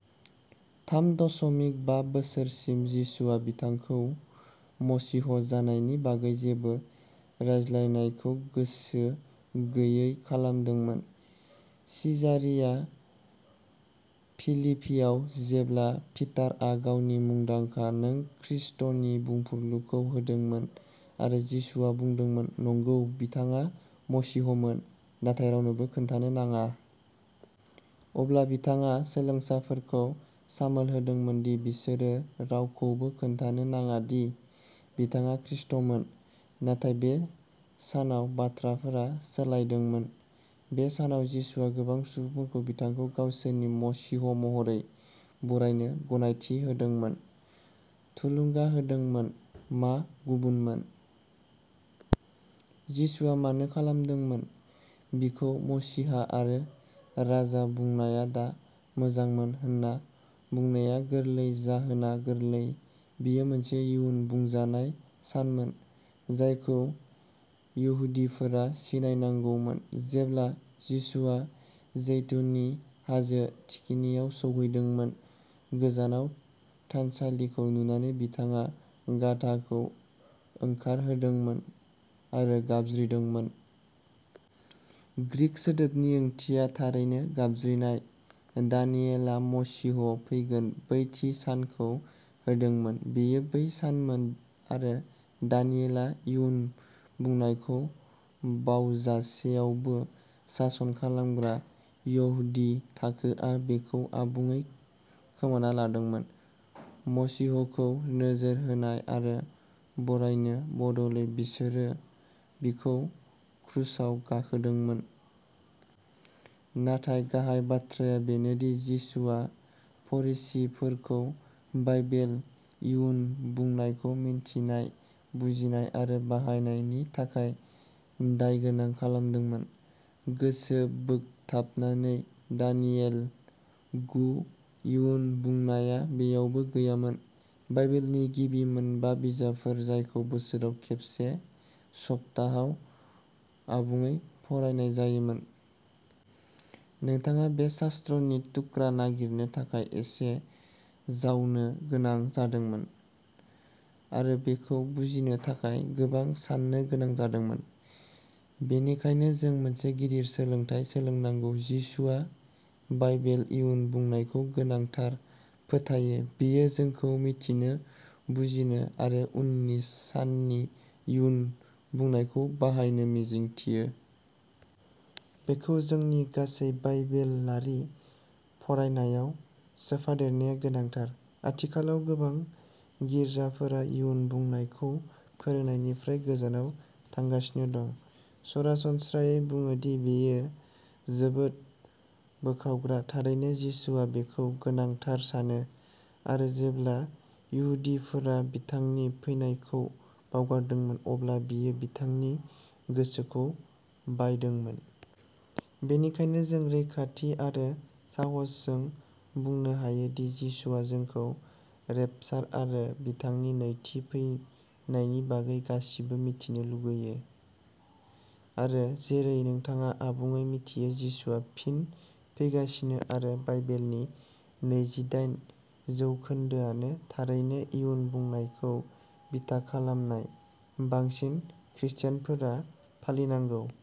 थाम दसमिक बा बोसोरसिम जिसुआ बिथांखौ मसीह जानायनि बागै जेबो रायलायनायखौ गोसो गैयै खालामदोंमोन। सिजारिया-फिलिपिआव, जेब्ला पिटारआ गावनि मुंदांखा नों ख्रिस्ट’नि बुंफुरलुखौ होदोंमोन, आरो जिसुआ बुंदोंमोन "नंगौ", बिथाङा मसीहमोन, नाथाय रावनोबो खोन्थानो नाङा। अब्ला बिथाङा सोलोंसाफोरखौ सामोल होदोंमोन दि बिसोरो रावखौबो खोन्थानो नाङा दि बिथाङा ख्रिस्ट’मोन। नाथाय बे सानाव बाथ्राफोरा सोलायदोंमोन। बे सानाव जिसुआ गोबां सुबुंफोरखौ बिथांखौ गावसोरनि मसीह महरै बरायनो गनायथि होदोंमोन, थुलुंगा होदोंमोन। मा गुबुनमोन? जिसुआ मानो खालामदोंमोन? बिखौ मसीहा आरो राजा बुंनाया दा मोजांमोन होनना बुंनाया गोरलै? जाहोना गोरलै। बेयो मोनसे इयुन बुंजानाय सानमोन जायखौ इहुदिफोरा सिनायनांगौमोन। जेब्ला जिसुआ जैतुननि हाजो थिखिनियाव सौहैदोंमोन, गोजानाव थानसालिखौ नुनानै, बिथाङा गाधाखौ ओंखारहोदोंमोन आरो गाबज्रिदोंमोन। ग्रीक सोदोबनि ओंथिया थारैनो गाबज्रिनाय दानियेलआ मसीहआ फैगोन बै थि सानखौ होदोंमोन। बेयो बै सानमोन आरो दानियेला इयुन बुंनायखौ बावजासेयावबो, सासन खालामग्रा इहुदि थाखोआ बेखौ आबुङै खोमाना लादोंमोन मसीहखौ नोजोर होनाय आरो बरायनो बदलै, बिसोरो बिखौ क्रुसाव गाखोदोंमोन। नाथाय गाहाय बाथ्राया बेनो दि जिसुआ फरिसीफोरखौ बाइबेल इयुन बुंनायखौ मिन्थिनाय, बुजिनाय आरो बाहायनायनि थाखाय दायगोनां खालामदोंमोन। गोसोबोगथाबनायै, दानियेल गु इयुन बुंनाया बेयावबो गैयामोन। बाइबेलनि गिबि मोनबा बिजाबफोर जायखौ बोसोराव खेबसे शब्ताहाव आबुङै फरायनाय जायोमोन। नोंथाङा बे शास्त्रनि थुख्रा नागिरनो थाखाय एसे जावनो गोनां जादोंमोन आरो बेखौ बुजिनो थाखाय गोबां साननो गोनां जादोंमोन। बेनिखायनो जों मोनसे गिदिर सोलोंथाय सोलोंनांगौ जिसुआ बाइबेल इयुन बुंनायखौ गोनांथार फोथायो बियो जोंखौ मिथिनो बुजिनो आरो उननि साननि इयुन बुंनायखौ बाहायनो मिजिंथियो। बेखौ जोंनि गासै बाइबेलारि फरायनायाव सोफादेरनाया गोनांथार। आथिखालाव गोबां गिर्जाफोरा इयुन बुंनायखौ फोरोंनायनिफ्राय गोजानाव थांगासिनो दं सरासनस्रायै बुङो दि बेयो जोबोद बोखावग्रा। थारैनो जिसुआ बेखौ गोनांथार सानो। आरो जेब्ला इहुदिफोरा बिथांनि फैनायखौ बावगारदोंमोन अब्ला बियो बिथांनि गोसोखौ बायदोंमोन। बेनिखायनो जों रैखाथि आरो साहसजों बुंनो हायो दि जिसुआ जोंखौ रेपचार आरो बिथांनि नैथि फैनायनि बागै गासिबो मिथिनो लुगैयो। आरो जेरै नोंथाङा आबुङै मिथियो, जिसुआ फिन फैगासिनो आरो बाइबेलनि नैजिदाइन जौखोन्दोआनो थारैनो इयुन बुंनायखौ बिथा खालामनाय, बांसिन ख्रिस्टियानफोरा फालिनांगौ।